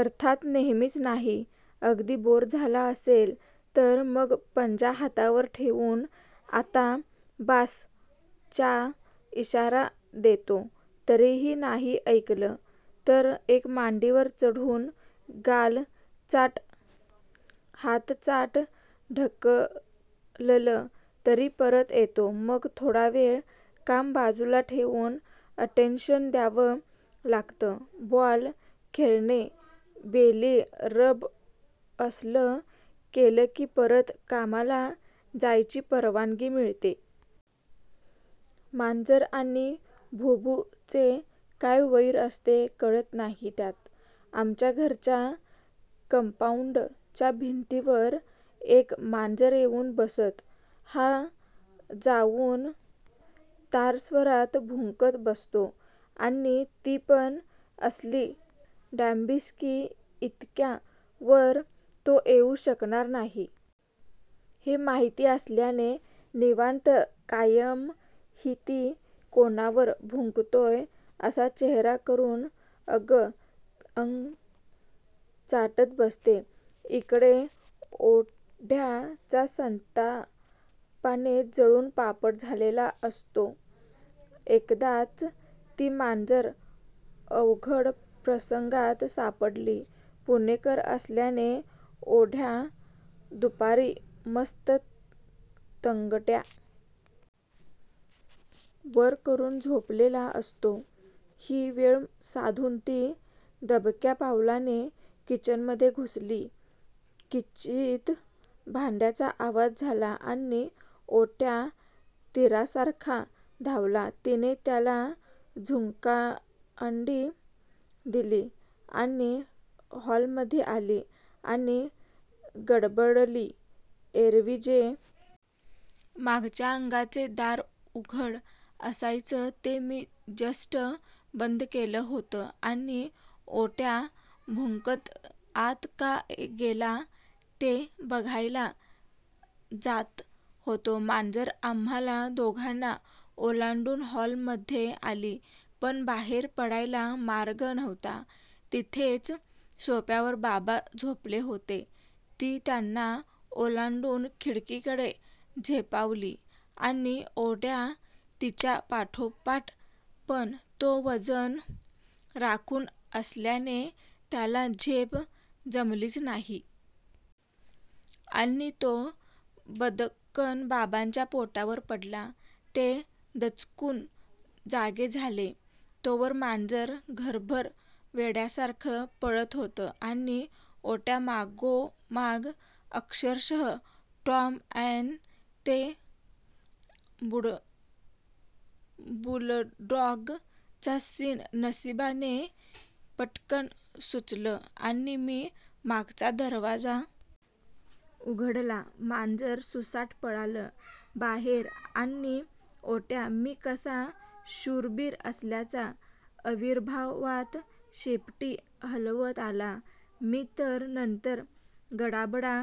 अर्थात नेहमीच नाही, अगदी बोर झाला असेल, तर मग पंजा हातावर ठेऊन आता बास चा इशारा देतो, तरीही नाही ऐकलं तर मग मांडीवर चढून गाल चाट, हात चाट ढकललं तरी परत येतो मग थोडा वेळ काम बाजूला ठेऊन अटेंशन द्यावं लागतं, बॉल खेळणे, बेली रब असलं केलं की परत कामाला जायची परवानगी मिळते. मांजर आणि भुभु चे काय वैर असते कळत नाही त्यात आमच्या घराच्या कंपाउंड च्या भिंतीवर एक मांजर येऊन बसत हा जाऊन तारस्वरात भुंकत बसतो. आणि ती पण असली डॅम्बिस की इतक्या वर तो येऊ शकणार नाही. हे माहिती असल्याने निवांत कायमहिती कोणावर भुंकतोय असा चेहरा करून अंग चाटत बसते इकडे ओड्या चा संतापाने जळून पापड झालेला असतो. एकदाच ती मांजर अवघड प्रसंगात सापडली पुणेकर असल्याने ओड्या दुपारी मस्त तंगड्या वर करून झोपलेला असतो ही वेळ साधून ती दबक्या पावलाने किचन मध्ये घुसली किंचित भांड्याचा आवाज झाला आणि ओड्या तिरासारखा धावला तिने त्याला झुकांडी दिली आणि हॉल मध्ये आली आणि गडबडली एरवी जे मागच्या अंगणाचे दार उघड असायचं ते मी जस्ट बंद केलं होतं आणि ओड्या भुंकत आत का गेलो ते बघायला जात होतो मांजर आम्हाला दोघांना ओलांडून हॉल मध्ये आली पण बाहेर पडायला मार्ग नव्हता तिथेच सोफ्यावर बाबा झोपले होते ती त्यांना ओलांडून खिडकीकडे झेपावली आणि ओड्या तिच्यापाठोपाठ पण तो वजन राखून असल्याने त्याला झेप जमलीच नाही. आणि तो बदकन बाबांच्या पोटावर पडला ते दचकून जागे झाले तोवर मांजर घरभर वेड्यासारखं पळत होत. आणि ओड्या मागोमाग अक्षरशः टॉम आणि ते बुलडॉग चा सिन नशिबाने पटकन सुचलं आणि मी मागचा दरवाजा उघडला मांजर सुसाट पळालं बाहेर आणि ओड्या मी कसा शूरबीर असल्याच्या अविर्भावात शेपटी हलवत आला मी तर नंतर गडाबडा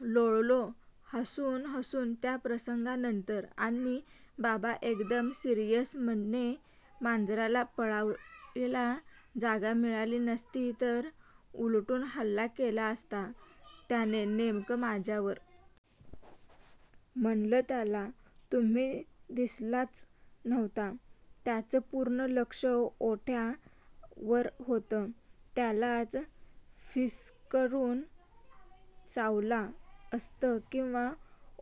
लोळलो हसून हसून त्या प्रसंगानंतर आणि बाबा एकदम सिरीयस, म्हणे मांजराला पळायला जागा मिळाली नसती तर उलटून हल्ला केला असता त्याने नेमकं माझ्यावर. म्हणलं त्याला तुम्ही दिसलाच नव्हता, त्याचं पूर्ण लक्ष ओड्या वर होतं त्यालाच फिस्करून चावला असतं किंवा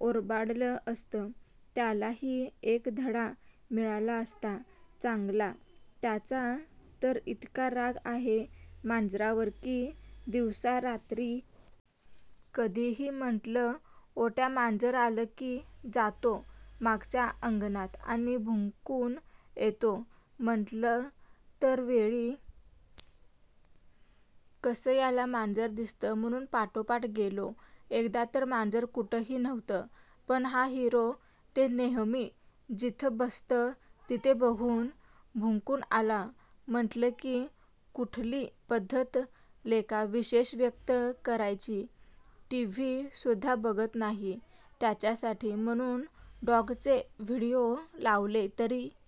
ओरबाडल असतं त्यालाही एक धडा मिळाला असता चांगला त्याचा तर इतका राग आहे मांजरावर की दिवसा रात्री कधीही म्हणलं, ओड्या मांजर आलं की जातो मागच्या अंगणात आणि भुंकून येतो म्हणलं दर वेळी कसं याला मांजर दिसतं म्हणून पाठोपाठ गेलो एकदा तर मांजर कुठंही नव्हतं पण हा हिरो ते नेहमी जिथं बसतं तिथे बघून भुंकून आला म्हणलं की कुठली पद्धत लेका निषेध व्यक्त करायची टीव्ही सुद्धा बघत नाही. त्याच्यासाठी म्हणून डॉग चे व्हीडिओ लावले तरी,--